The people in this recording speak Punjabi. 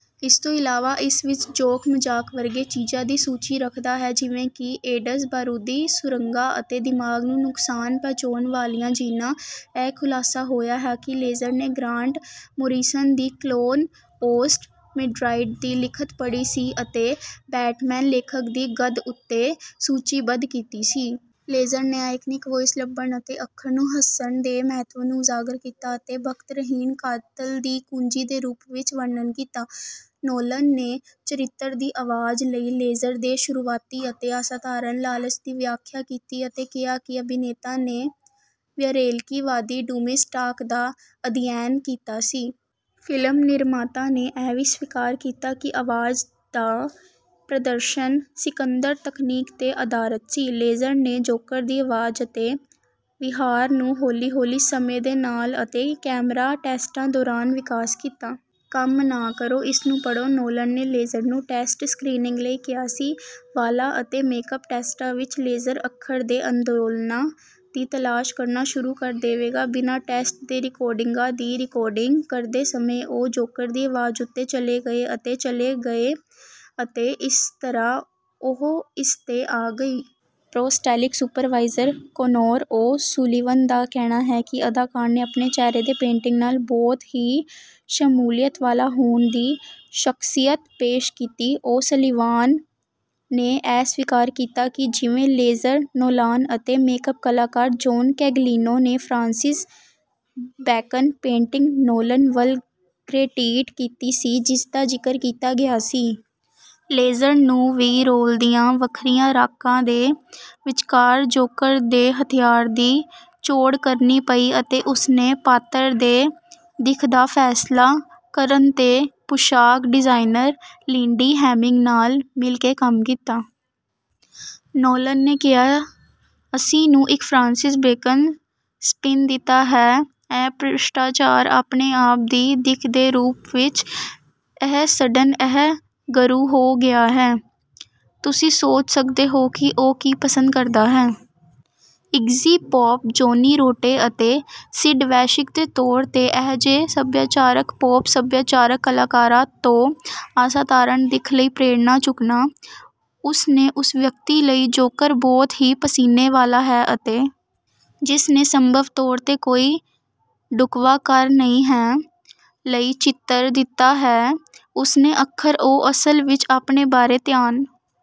ਇਸ ਤੋਂ ਇਲਾਵਾ ਇਸ ਵਿੱਚ ਜੋਕ ਮਜ਼ਾਕ ਵਰਗੇ ਚੀਜ਼ਾਂ ਦੀ ਸੂਚੀ ਰੱਖਦਾ ਹੈ ਜਿਵੇਂ ਕਿ ਏਡਜ਼ ਬਾਰੂਦੀ ਸੁਰੰਗਾਂ ਅਤੇ ਦਿਮਾਗ ਨੂੰ ਨੁਕਸਾਨ ਪਹੁੰਚਾਉਣ ਵਾਲੀਆਂ ਜੀਨਾਂ। ਇਹ ਖੁਲਾਸਾ ਹੋਇਆ ਕਿ ਲੇਜ਼ਰ ਨੇ ਗ੍ਰਾਂਟ ਮੋਰੀਸਨ ਦੀ ਕਲੋਨ ਔਸਟ ਮਿਡਰਾਇਟ ਦੀ ਲਿਖਤ ਪੜ੍ਹੀ ਸੀ ਅਤੇ ਬੈਟਮੈਨ ਲੇਖਕ ਦੀ ਗੱਦ ਉੱਤੇ ਸੂਚੀਬੱਧ ਕੀਤੀ ਸੀ। ਲੇਜਰ ਨੇ ਆਈਕਨਿਕ ਵੌਇਸ ਲੱਭਣ ਅਤੇ ਅੱਖਰ ਨੂੰ ਹੱਸਣ ਦੇ ਮਹੱਤਵ ਨੂੰ ਉਜਾਗਰ ਕੀਤਾ ਅਤੇ ਬਖਤਰਹੀਣ ਕਾਤਲ ਦੀ ਕੁੰਜੀ ਦੇ ਰੂਪ ਵਿੱਚ ਵਰਣਨ ਕੀਤਾ। ਨੋਲਨ ਨੇ ਚਰਿੱਤਰ ਦੀ ਆਵਾਜ਼ ਲਈ ਲੇਜ਼ਰ ਦੇ ਸ਼ੁਰੂਆਤੀ ਅਤੇ ਅਸਾਧਾਰਣ ਲਾਲਚ ਦੀ ਵਿਆਖਿਆ ਕੀਤੀ ਅਤੇ ਕਿਹਾ ਕਿ ਅਭਿਨੇਤਾ ਨੇ ਵਿਅਰੇਲਕੀਵਾਦੀ ਡੂਮਿਜ਼ ਟਾਕ ਦਾ ਅਧਿਐਨ ਕੀਤਾ ਸੀ। ਫਿਲਮ ਨਿਰਮਾਤਾ ਨੇ ਇਹ ਵੀ ਸਵੀਕਾਰ ਕੀਤਾ ਕਿ ਆਵਾਜ਼ ਦਾ ਪ੍ਰਦਰਸ਼ਨ ਸਿਕੰਦਰ ਤਕਨੀਕ ਤੇ ਅਧਾਰਤ ਸੀ। ਲੇਜ਼ਰ ਨੇ ਜੋਕਰ ਦੀ ਆਵਾਜ਼ ਅਤੇ ਵਿਹਾਰ ਨੂੰ ਹੌਲੀ ਹੌਲੀ ਸਮੇਂ ਦੇ ਨਾਲ ਅਤੇ ਕੈਮਰਾ ਟੈਸਟਾਂ ਦੌਰਾਨ ਵਿਕਾਸ ਕੀਤਾ। ਕੰਮ ਨਾ ਕਰੋ ਇਸ ਨੂੰ ਪੜ੍ਹੋ ਨੋਲਨ ਨੇ ਲੇਜ਼ਰ ਨੂੰ ਟੈਸਟ ਸਕ੍ਰੀਨਿੰਗ ਲਈ ਕਿਹਾ ਸੀ। ਵਾਲਾਂ ਅਤੇ ਮੇਕਅਪ ਟੈਸਟਾਂ ਵਿੱਚ ਲੇਜ਼ਰ ਅੱਖਰ ਦੇ ਅੰਦੋਲਨਾਂ ਦੀ ਤਲਾਸ਼ ਕਰਨਾ ਸ਼ੁਰੂ ਕਰ ਦੇਵੇਗਾ। ਬਿਨਾਂ ਟੈਸਟ ਦੇ ਰਿਕਾਰਡਾਂ ਦੀ ਰਿਕਾਰਡਿੰਗ ਕਰਦੇ ਸਮੇਂ ਉਹ ਜੋਕੋਰ ਦੀ ਆਵਾਜ਼ ਉੱਤੇ ਚਲੇ ਗਏ ਅਤੇ ਚਲੇ ਗਏ ਅਤੇ ਇਸ ਤਰ੍ਹਾਂ ਉਹ ਇਸ ਤੇ ਆ ਗਈ। Prosthetic supervisor Conor O'Sullivan ਦਾ ਕਹਿਣਾ ਹੈ ਕਿ ਅਦਾਕਾਰ ਨੇ ਆਪਣੇ ਚਿਹਰੇ ਦੇ ਪੇਂਟਿੰਗ ਨਾਲ ਬਹੁਤ ਹੀ ਸ਼ਮੂਲੀਅਤ ਵਾਲਾ ਹੋਣ ਦੀ ਸ਼ਖਸੀਅਤ ਪੇਸ਼ ਕੀਤੀ। ਓ ਸਲੀਵਾਨ ਨੇ ਇਹ ਸਵੀਕਾਰ ਕੀਤਾ ਕਿ ਕਿਵੇਂ ਲੇਜਰ ਨੋਲਾਨ ਅਤੇ ਮੇਕਅਪ ਕਲਾਕਾਰ ਜੌਨ ਕੈਗਲਿਨੋ ਨੇ ਫਰਾਂਸਿਸ ਬੈਕਨ ਪੇਂਟਿੰਗ ਨੋਲਨ ਵੱਲ ਗਰੇਟੀਟ ਕੀਤੀ ਸੀ ਜਿਸ ਦਾ ਜ਼ਿਕਰ ਕੀਤਾ ਗਿਆ ਸੀ। ਲੇਜ਼ਰ ਨੂੰ ਵੀ ਰੋਲ ਦੀਆਂ ਵੱਖਰੀਆਂ ਰਾਕਾਂ ਦੇ ਵਿਚਕਾਰ ਜੋਕਰ ਦੇ ਹਥਿਆਰ ਦੀ ਚੋਣ ਕਰਨੀ ਪਈ ਅਤੇ ਉਸ ਨੇ ਪਾਤਰ ਦੇ ਦਿੱਖ ਦਾ ਫੈਸਲਾ ਕਰਨ ਤੇ ਪੁਸ਼ਾਕ ਡਿਜ਼ਾਈਨਰ ਲਿੰਡੀ ਹੇਮਿੰਗ ਨਾਲ ਮਿਲ ਕੇ ਕੰਮ ਕੀਤਾ। ਨੋਲਨ ਨੇ ਕਿਹਾ ਅਸੀਂ ਨੂੰ ਇੱਕ ਫਰਾਂਸਿਸ ਬੇਕਨ ਸਪਿਨ ਦਿੱਤਾ ਹੈ ਇਹ ਭ੍ਰਿਸ਼ਟਾਚਾਰ ਆਪਣੇ ਆਪ ਦੀ ਦਿੱਖ ਦੇ ਰੂਪ ਵਿੱਚ ਇਹ ਸਡਨ ਇਹ ਗਰੂ ਹੋ ਗਿਆ ਹੈ। ਤੁਸੀਂ ਸੋਚ ਸਕਦੇ ਹੋ ਕਿ ਉਹ ਕੀ ਪਸੰਦ ਕਰਦਾ ਹੈ। ਇਗਜੀ ਪੋਪ ਜੌਨੀ ਰੋਟੇ ਅਤੇ ਸਿਡ ਵੈਸ਼ੀਕ ਦੇ ਤੌਰ ਤੇ ਅਜਿਹੇ ਸੱਭਿਆਚਾਰਕ ਪੌਪ ਸੱਭਿਆਚਾਰਕ ਕਲਾਕਾਰਾਂ ਤੋਂ ਅਸਾਧਾਰਣ ਦਿੱਖ ਲਈ ਪ੍ਰੇਰਨਾ ਚੁੱਕਣਾ। ਉਸ ਨੇ ਉਸ ਵਿਅਕਤੀ ਲਈ ਜੋਕਰ ਬਹੁਤ ਹੀ ਪਸੀਨੇ ਵਾਲਾ ਹੈ ਅਤੇ ਜਿਸ ਨੇ ਸੰਭਵ ਤੌਰ ਤੇ ਕੋਈ ਢੁਕਵਾਂ ਘਰ ਨਹੀਂ ਹੈ ਲਈ ਚਿੱਤਰ ਦਿੱਤਾ ਹੈ ਉਸਨੇ ਅੱਖਰ ਉਹ ਅਸਲ ਵਿੱਚ ਆਪਣੇ ਬਾਰੇ ਧਿਆਨ